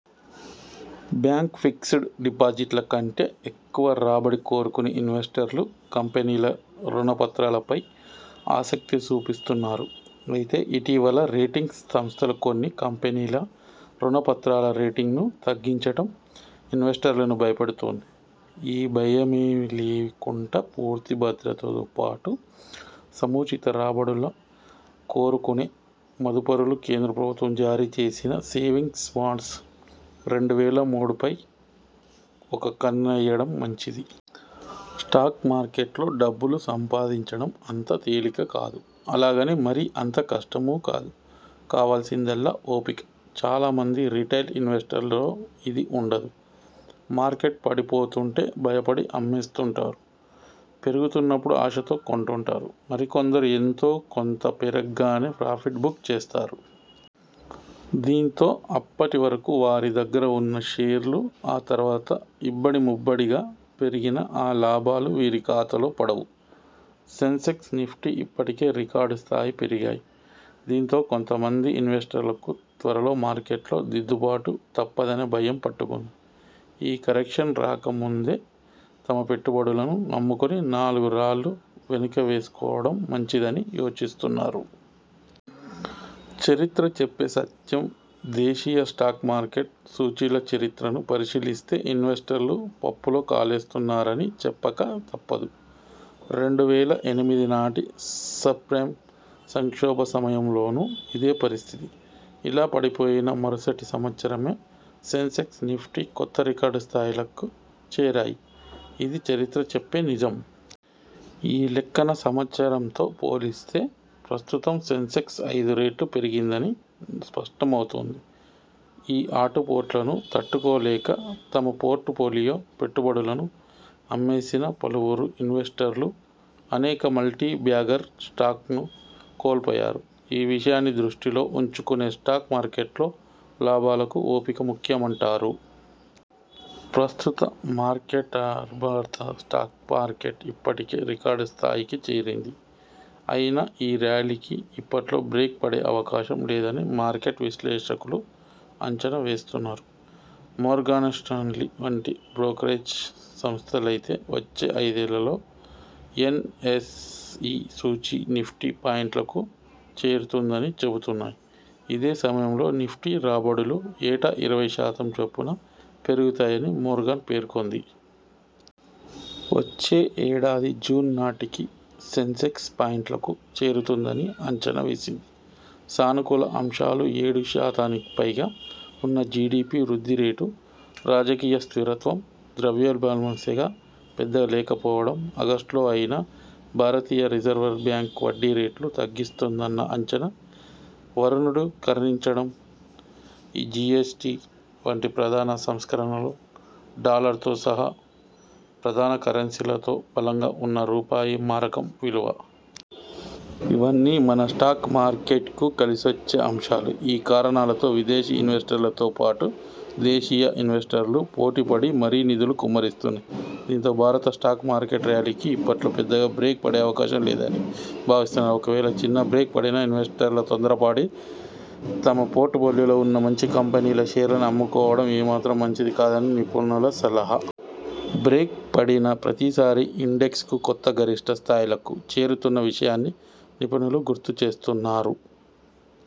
Bank fixed డిపాజిట్ల కంటే ఎక్కువ రాబడి కోరుకునే ఇన్వెస్టర్లు కంపెనీల రుణ పత్రాలపై ఆసక్తి చూపిస్తున్నారు. అయితే ఇటీవల రేటింగ్ సంస్థలు కొన్ని కంపెనీల రుణ పత్రాల రేటింగ్ను తగ్గించటం ఇన్వెస్టర్లను భయపెడుతోంది. ఈ భయాలేవీ లేకుండా పూర్తి భద్రతతోపాటు సముచిత రాబడుల కోరుకునే మదుపరులు, కేంద్ర ప్రభుత్వం జారీ చేసిన 'సేవింగ్స్ బాండ్స్-రెండు వేల మూడుపై ఒక కన్నేయడం మంచిది. స్టాక్ మార్కెట్లో డబ్బులు సంపాదించడం అంత తేలిక కాదు. అలాగని మరీ అంత కష్టమూ కాదు. కావాల్సిందల్లా ఓపిక. చాలా మంది రిటైల్ ఇన్వెస్టర్లలో ఇది ఉండదు. మార్కెట్ పడిపోతుంటే భయపడి అమ్మేస్తుంటారు. పెరుగుతున్నప్పుడు ఆశతో కొంటుంటారు. మరికొందరు ఎంతో కొంత పెరగ్గానే ప్రాఫిట్ బుక్ చేస్తారు. దీంతో అప్పటి వరకు వారి దగ్గర ఉన్న షేర్లు ఆ తర్వాత ఇబ్బడిముబ్బడిగా పెరిగినా, ఆ లాభాలు వీరి ఖాతాలో పడవు. సెన్సెక్స్, నిఫ్టీ ఇప్పటికే రికార్డు స్థాయికి పెరిగాయి. దీంతో కొంతమంది ఇన్వెస్టర్లకు త్వరలో మార్కెట్లో దిద్దుబాటు తప్పదనే భయం పట్టుకుంది. ఈ కరెక్షన్ రాక ముందే తమ పెట్టుబడులను అమ్ముకుని నాలుగు రాళ్లు వెనకేసుకోవడం మంచిదని యోచిస్తున్నారు. చరిత్ర చెప్పే సత్యందేశీయ స్టాక్ మార్కెట్ సూచీల చరిత్రను పరిశీలిస్తే ఇన్వెస్టర్లు పప్పులో కాలేస్తున్నారని చెప్పక తప్పదు. రెండు వేల ఎనిమిదినాటి సబ్ప్రైమ్ సంక్షోభ సమయంలోనూ ఇదే పరిస్థితి. ఇలా పడిపోయిన మరుసటి సంవత్సరమే సెన్సెక్స్, నిఫ్టీ కొత్త రికార్డు స్థాయిలకి చేరాయి. ఇది చరిత్ర చెప్పే నిజం. ఈ లెక్కన సంవత్సరంతో పోలిస్తే ప్రస్తుతం సెన్సెక్స్ ఐదు రెట్లు పెరిగిందని స్పష్టమవుతోంది. ఈ ఆటుపోట్లను తట్టుకోలేక తమ పోర్టుఫోలియో పెట్టుబడులను అమ్మేసిన పలువురు ఇన్వెస్టర్లు అనేక మల్టీ బ్యాగర్ స్టాక్స్ను కోల్పోయారు. ఈ విషయాన్ని దృష్టిలో ఉంచుకునే స్టాక్ మార్కెట్లో లాభాలకు ఓపిక ముఖ్యమంటారు. ప్రస్తుత మార్కెట్భారత స్టాక్ మార్కెట్ ఇప్పటికే రికార్డ్ స్థాయికి చేరింది. అయినా ఈ ర్యాలీకి ఇప్పట్లో బ్రేక్ పడే అవకాశం లేదని మార్కెట్ విశ్లేషకులు అంచనా వేస్తున్నారు. మోర్గాన్స్టాన్లీ వంటి బ్రోకరేజ్ సంస్థలైతే వచ్చే ఐదేళ్లలో ఎన్ఎస్ఇ సూచీ నిఫ్టీ పాయింట్లకు చేరుతుందని చెబుతున్నాయి. ఇదే సమయంలో నిఫ్టీ రాబడులూ ఏటా ఇరవై శాతం చొప్పున పెరుగుతాయని మోర్గాన్ పేర్కొంది. వచ్చే ఏడాది జూన్ నాటికి సెన్సెక్స్ పాయింట్లకు చేరుతుందని అంచనా వేసింది. సానుకూల అంశాలుఏడు శాతానికిపైగా ఉన్న జిడిపి వృద్ధి రేటు, రాజకీయ స్థిరత్వం, ద్రవ్యోల్బణం సెగ పెద్దగా లేకపోవడం, ఆగస్టులో అయినా భారతీయ రిజర్వ్ బ్యాంక్ వడ్డీ రేట్లు తగ్గిస్తుందన్న అంచనా, వరుణుడు కరుణించడం, జిఎ్సటి వంటి ప్రధాన సంస్కరణలు, డాలర్తో సహా ప్రఽధాన కరెన్సీలతో బలంగా ఉన్న రూపాయి మారకం విలువ.. ఇవన్నీ మన స్టాక్ మార్కెట్కు కలిసొచ్చే అంశాలు. ఈ కారణాలతో విదేశీ ఇన్వెస్టర్లతోపాటు, దేశీయ ఇన్వెస్టర్లు పోటీపడి మరీ నిధులు కుమ్మరిస్తున్నాయి. దీంతో భారత స్టాక్ మార్కెట్ ర్యాలీకి ఇప్పట్లో పెద్దగా బ్రేక్ పడే అవకాశం లేదని భావిస్తున్నారు. ఒకవేళ చిన్న బ్రేక్ పడినా ఇన్వెస్టర్లు తొందరపడి తమ పోర్టుఫోలియోలో ఉన్న మంచి కంపెనీల షేర్లను అమ్ముకోవడం ఏ మాత్రం మంచిది కాదని నిపుణుల సలహా. బ్రేక్ పడిన ప్రతిసారీ ఇండెక్స్లు కొత్త గరిష్ఠ స్థాయిలకు చేరుతున్న విషయాన్నీ నిపుణులు గుర్తు చేస్తున్నారు.